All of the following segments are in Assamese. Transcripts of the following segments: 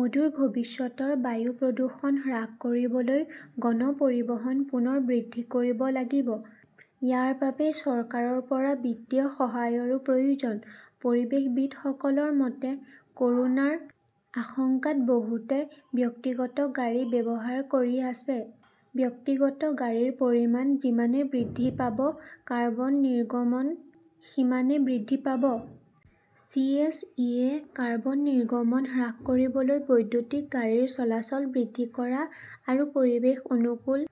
অদূৰ ভৱিষ্যতে বায়ু প্ৰদূষণ হ্ৰাস কৰিবলৈ গণ পৰিবহণ পুনৰ বৃদ্ধি কৰিব লাগিব। ইয়াৰ বাবে চৰকাৰৰ পৰা বিত্তীয় সহায়ৰো প্ৰয়োজন। পৰিৱেশবিদসকলৰ মতে, কৰোনাৰ আশংকাত বহুতে ব্যক্তিগত গাড়ী ব্যৱহাৰ কৰি আছে। ব্যক্তিগত গাড়ীৰ পৰিমাণ যিমানে বৃদ্ধি পাব, কাৰ্বন নিৰ্গমন সিমানে বৃদ্ধি পাব। চি. এছ. ই. -য়ে কাৰ্বন নিৰ্গমন হ্ৰাস কৰিবলৈ বৈদ্যুতিক গাড়ীৰ চলাচল বৃদ্ধি কৰা আৰু পৰিৱেশ অনুকূল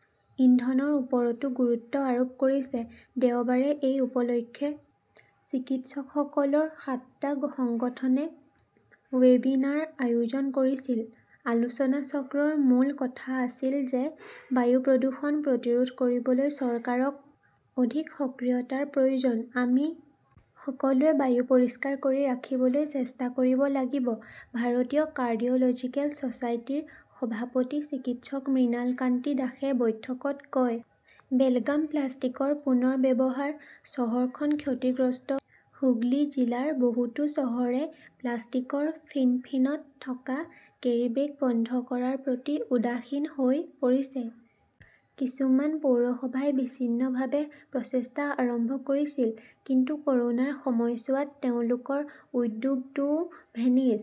ইন্ধনৰ ওপৰতো গুৰুত্ব আৰোপ কৰিছে। দেওবাৰে এই উপলক্ষে চিকিৎসকসকলৰ সাতটা সংগঠনে ৱেবিনাৰ আয়োজন কৰিছিল। আলোচনাচক্ৰৰ মূল কথা আছিল যে বায়ু প্ৰদূষণ প্ৰতিৰোধ কৰিবলৈ চৰকাৰক অধিক সক্ৰিয়তাৰ প্ৰয়োজন। আমি সকলোৱে বায়ু পৰিষ্কাৰ কৰি ৰাখিবলৈ চেষ্টা কৰিব লাগিব, ভাৰতীয় কাৰ্ডিয় লজিকেল ছচাইটিৰ সভাপতি চিকিৎসক মৃণালকান্তি দাসে বৈঠকত কয়, বেলগাম প্লাষ্টিকৰ পুনৰ ব্যৱহাৰ, চহৰখন ক্ষতিগ্ৰস্ত হুগলী জিলাৰ বহুতো চহৰে প্লাষ্টিকৰ ফিনফিনত থকা কেৰীবেগ বন্ধ কৰাৰ প্ৰতি উদাসীন হৈ পৰিছে। কিছুমান পৌৰসভাই বিচ্ছিন্নভাৱে প্ৰচেষ্টা আৰম্ভ কৰিছিল। কিন্তু কৰোনাৰ সময়ছোৱাত তেওঁলোকৰ উদ্যোগটোও 'ভেনিছ।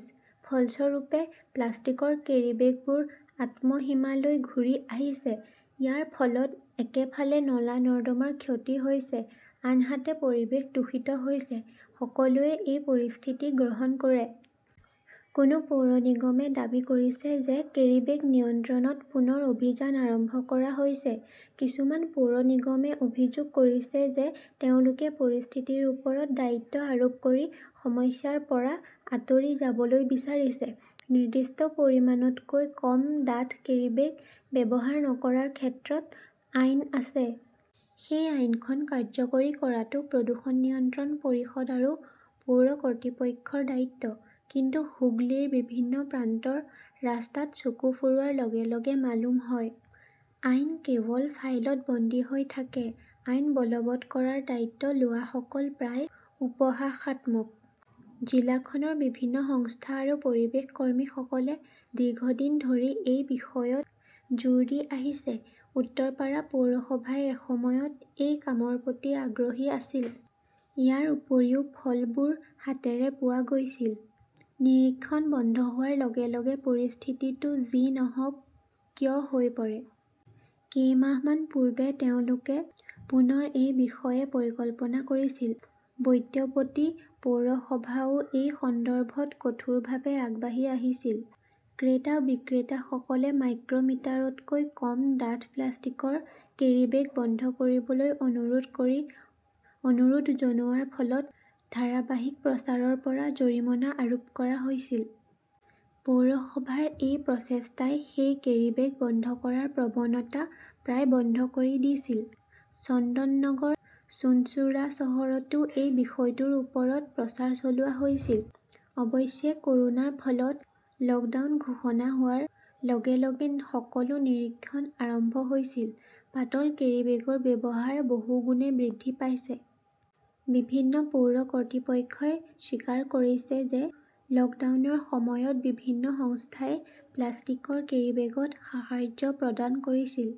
ফলস্বৰূপে, প্লাষ্টিকৰ কেৰীবেগবোৰ আত্মহিমালৈ ঘূৰি আহিছে। ইয়াৰ ফলত একেফালে নলা-নৰ্দমাৰ ক্ষতি হৈছে, আনহাতে পৰিৱেশ দূষিত হৈছে। সকলোৱে এই পৰিস্থিতি গ্ৰহণ কৰে। কোনো পৌৰ নিগমে দাবী কৰিছে যে কেৰীবেগ নিয়ন্ত্ৰণত পুনৰ অভিযান আৰম্ভ কৰা হৈছে। কিছুমান পৌৰ নিগমে অভিযোগ কৰিছে যে তেওঁলোকে পৰিস্থিতিৰ ওপৰত দায়িত্ব আৰোপ কৰি সমস্যাৰ পৰা আঁতৰি যাবলৈ বিচাৰিছে। নিৰ্দিষ্ট পৰিমাণতকৈ কম ডাঠ কেৰীবেগ ব্যৱহাৰ নকৰাৰ ক্ষেত্ৰত আইন আছে। সেই আইনখন কাৰ্যকৰী কৰাটো প্ৰদূষণ নিয়ন্ত্ৰণ পৰিষদ আৰু পৌৰ কৰ্তৃপক্ষৰ দায়িত্ব। কিন্তু হুগলীৰ বিভিন্ন প্ৰান্তৰ ৰাস্তাত চকু ফুৰোৱাৰ লগে-লগে মালুম হয়, আইন কেৱল ফাইলত বন্দী হৈ থাকে। আইন বলৱৎ কৰাৰ দায়িত্ব লোৱাসকল প্ৰায় উপহাসাত্মক। জিলাখনৰ বিভিন্ন সংস্থা আৰু পৰিৱেশ কৰ্মীসকলে দীৰ্ঘদিন ধৰি এই বিষয়ত জোৰ দি আহিছে। উত্তৰপাৰা পৌৰসভাই এসময়ত এই কামৰ প্ৰতি আগ্ৰহী আছিল। ইয়াৰ উপৰিও ফলবোৰ হাতেৰে পোৱা গৈছিল। নিৰীক্ষণ বন্ধ হোৱাৰ লগে -লগে পৰিস্থিতিটো যি নহওক কিয় হৈ পৰে। কেইমাহমান পূৰ্বে তেওঁলোকে পুনৰ এই বিষয়ে পৰিকল্পনা কৰিছিল। বৈদ্যবতী পৌৰসভাও এই সন্দৰ্ভত কঠোৰভাৱে আগবাঢ়ি আহিছিল। ক্ৰেতা-বিক্ৰেতাসকলে মাইক্ৰ মিটাৰতকৈ কম ডাঠ প্লাষ্টিকৰ কেৰীবেগ বন্ধ কৰিবলৈ অনুৰোধ কৰি অনুৰোধ জনোৱাৰ ফলত ধাৰাবাহিক প্ৰচাৰৰ পৰা জৰিমনা আৰোপ কৰা হৈছিল। পৌৰসভাৰ এই প্ৰচেষ্টাই সেই কেৰীবেগ বন্ধ কৰাৰ প্ৰৱণতা প্ৰায় বন্ধ কৰি দিছিল। চন্দননগৰ, চুঞ্চুৰা চহৰতো এই বিষয়টোৰ ওপৰত প্ৰচাৰ চলোৱা হৈছিল। অৱশ্যে, কৰোনাৰ ফলত লকডাউন ঘোষণা হোৱাৰ লগে-লগে সকলো নিৰীক্ষণ আৰম্ভ হৈছিল। পাতল কেৰীবেগৰ ব্যৱহাৰ বহুগুণে বৃদ্ধি পাইছে। বিভিন্ন পৌৰ কৰ্তৃপক্ষই স্বীকাৰ কৰিছে যে লকডাউনৰ সময়ত বিভিন্ন সংস্থাই প্লাষ্টিকৰ কেৰীবেগত সাহায্য প্ৰদান কৰিছিল।